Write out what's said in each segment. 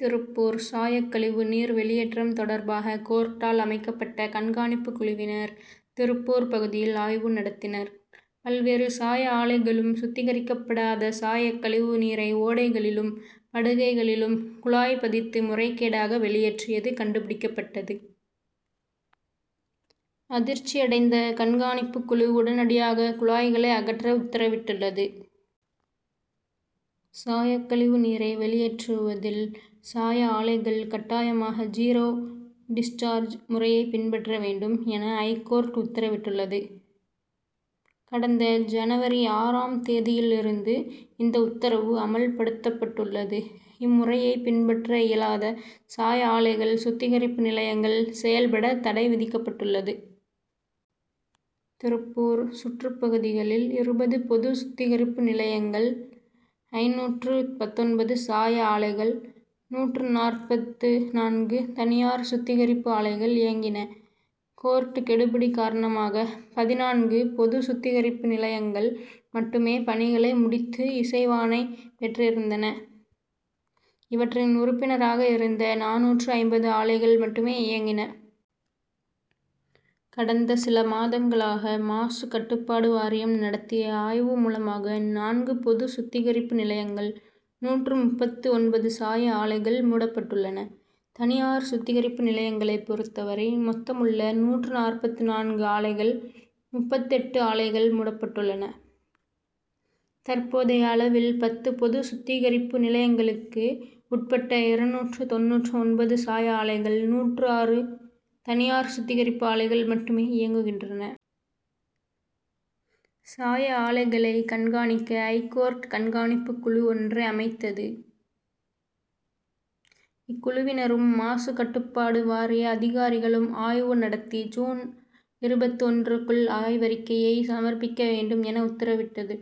திருப்பூர் சாயக்கழிவு நீர் வெளியேற்றம் தொடர்பாக, கோர்ட்டால் அமைக்கப் பட்ட கண்காணிப்பு குழுவினர், திருப்பூர் பகுதியில் ஆய்வு நடத்தினர். பல்வேறு சாய ஆலைகளும், சுத்திகரிக்கப்படாத சாயக்கழிவு நீரை ஓடைகளிலும், படுகைகளிலும் குழாய் பதித்து முறைகேடாக வெளியேற்றியது கண்டுபிடிக்கப்பட்டது. அதிர்ச்சியடைந்த கண் காணிப்பு குழு, உடனடியாக குழாய்களை அகற்ற உத்தரவிட்டுள்ளது. சாயக்கழிவு நீரை வெளியேற்றுவதில் சாய ஆலைகள் கட்டாயமாக ஜீரோ டிஸ்சார்ஜ்' முறையை பின்பற்ற வேண்டும் என ஐகோர்ட் உத்தரவிட்டுள்ளது. கடந்த ஜன., ஆறு ம் தேதியில் இருந்து இந்த உத்தரவு அமல்படுத்தப்பட்டுள்ளது. இம்முறையை பின்பற்ற இயலாத சாய ஆலைகள், சுத்திகரிப்பு நிலையங்கள் செயல்பட தடை விதிக்கப்பட்டுள்ளது. திருப்பூர் சுற்றுப்பகுதிகளில் இருபது பொது சுத்திகரிப்பு நிலையங்கள், ஐந்நூற்று பத்தொன்பது சாய ஆலைகள், நூற்று நாற்பத்து நான்கு தனியார் சுத்திகரிப்பு ஆலைகள் இயங்கின. கோர்ட் கெடுபிடி காரணமாக, பதினான்கு பொது சுத்திகரிப்பு நிலையங்கள் மட்டுமே பணிகளை முடித்து இசைவாணை பெற்றிருந்தன. இவற்றின் உறுப்பினராக இருந்த நானூற்று ஐம்பது ஆலைகள் மட்டுமே இயங்கின. கடந்த சில மாதங்களாக மாசு கட்டுப்பாடு வாரியம் நடத்திய ஆய்வு மூலமாக, நான்கு பொது சுத்திகரிப்பு நிலையங்கள், நூற்று முப்பத்து ஒன்பது சாய ஆலைகள் மூடப்பட்டுள்ளன. தனியார் சுத்திகரிப்பு நிலையங்களை பொறுத்தவரை, மொத்தமுள்ள நூற்று நாற்பத்து நான்கு ஆலைகளில், முப்பத்து எட்டு ஆலைகள் மூடப்பட்டன. தற்போதைய அளவில், பத்து பொது சுத்திகரிப்பு நிலையங்களுக்கு உட்பட்ட இருநூற்று தொண்ணூற்று ஒன்பது சாய ஆலைகள், நூற்று ஆறு தனியார் சுத்திகரிப்பு ஆலைகள் மட்டுமே இயங்குகின்றன. சாய ஆலைகளை கண் காணிக்க, ஐகோர்ட் கண் காணிப்பு குழு ஒன்றை அமைத்தது. இக்குழுவினரும், மாசு கட்டுப் பாடு வாரிய அதிகாரிகளும் ஆய்வு நடத்தி, ஜூன் இருபத்து ஒன்று க்குள் ஆய்வறிக்கையை சமர்ப்பிக்க வேண்டும் என உத்தரவிட்டது.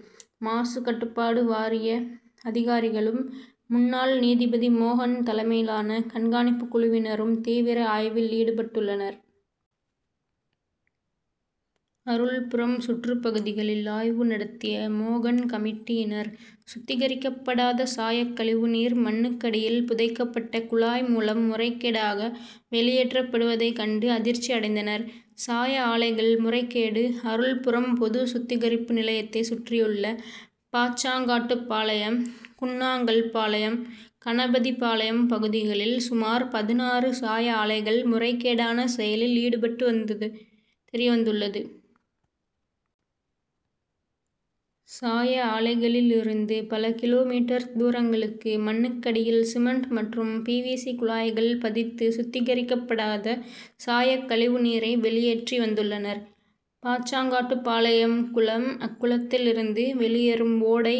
மாசு கட்டுப்பாடு வாரிய அதிகாரிகளும், முன்னாள் நீதிபதி மோகன் தலைமையிலான கண்காணிப்பு குழுவினரும் தீவிர ஆய்வில் ஈடுபட்டுள்ளனர். அருள்புரம் சுற்றுப்பகுதிகளில் ஆய்வு நடத்திய மோகன் கமிட்டியினர், சுத்திகரிக்கப் படாத சாயக்கழிவு நீர் மண்ணுக்கடியில் புதைக் கப்பட்ட குழாய் மூலம் முறைகேடாக வெளியேற்றப் படுவதைக் கண்டு அதிர்ச்சி அடைந்தனர். சாய ஆலைகள் முறைகேடு அருள்புரம் பொது சுத்திகரிப்பு நிலையத்தைச் சுற்றியுள்ள பாச்சாங்காட்டுப்பாளையம், குன்னாங்கல்பாளையம், கணபதிபாளையம் பகுதிகளில் சுமார் பதினாறு சாய ஆலைகள் முறைகேடான செயலில் ஈடுபட்டது தெரியவந்துள்ளது. சாய ஆலைகளில் இருந்து பல கி. மீ., தூரங்களுக்கு மண்ணுக்கடியில் சிமென்ட் மற்றும் பிவிசி' குழாய்கள் பதித்து, சுத்திகரிக் கப்படாத சாயக்கழிவு நீரை வெளியேற்றி வந்துள்ளனர். பாச்சாங்காட்டுப்பாளையம் குளம், அக்குளத்தில் இருந்து வெளியேறும் ஓடை,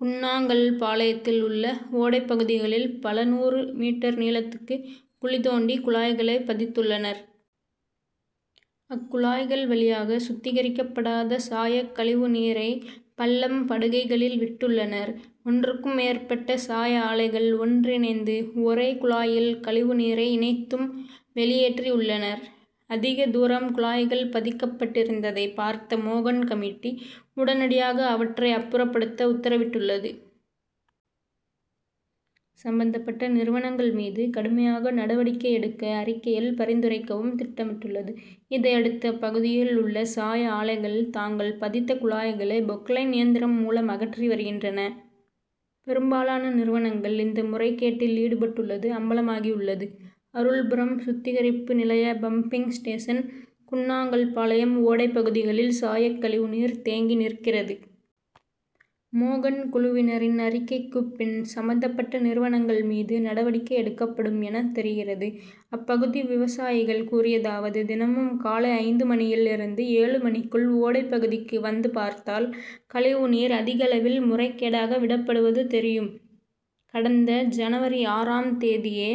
குன்னாங் கல் பாளையத்தில் உள்ள ஓடைப்பகுதிகளில் பல நூறு மீட்டர் நீளத்துக்கு குழி தோண்டி குழாய்களைப் பதித் துள்ளனர். அக்குழாய்கள் வழியாக சுத்திகரிக்கப்படாத சாயக்கழிவு நீரை பள்ளம், படுகைகளில் விட்டுள்ளனர். ஒன்றுக்கும் மேற்பட்ட சாய ஆலைகள் ஒன்றிணைந்து ஒரே குழாயில் கழிவு நீரை இணைத் தும் வெளியேற்றி உள்ளனர். அதிக தூரம் குழாய்கள் பதிக் கப்பட்டிருந்ததை பார்த்த மோகன் கமிட்டி, உடனடியாக அவற்றை அப்புறப்படுத்த உத் தரவிட்டுள்ளது. சம்பந்தப் பட்ட நிறுவனங்கள் மீது கடுமையாக நடவடிக்கை எடுக்க, அறிக்கையில் பரிந்துரைக்கவும் திட்டமிட்டுள்ளது. இதையடுத்து, அப்பகுதியில் உள்ள சாய ஆலைகள், தாங்கள் பதித்த குழாய்களை பொக் லைன் இயந்திரம் மூலம் அகற்றி வருகின்றன. பெரும் பாலான நிறுவனங்கள், இந்த முறைகேட்டில் ஈடுபட்டுள்ளது அம்பலமாகி உள்ளது. அருள்புரம் சுத்திகரிப்பு நிலைய பம்பிங் ஸ்டேஷன், குன்னாங் கல்பாளையம் ஓடை பகுதிகளில் சாயக்கழிவு நீர் தேங்கி நிற்கிறது. மோகன் குழுவினரின் அறிக்கைக்குப்பின், சம்பந்தப்பட்ட நிறுவனங்கள் மீது நடவடிக்கை எடுக்கப் படும் என தெரிகிறது. அப்பகுதி விவசாயிகள் கூறியதாவது தினமும் காலை ஐந்து மணியில் இருந்து ஏழு மணிக்குள் ஓடைப்பகுதிக்கு வந்து பார்த்தால், கழிவு நீர் அதிகளவில் முறைகேடாக விடப் படுவது தெரியும். கடந்த ஜன., ஆறாம் தேதியே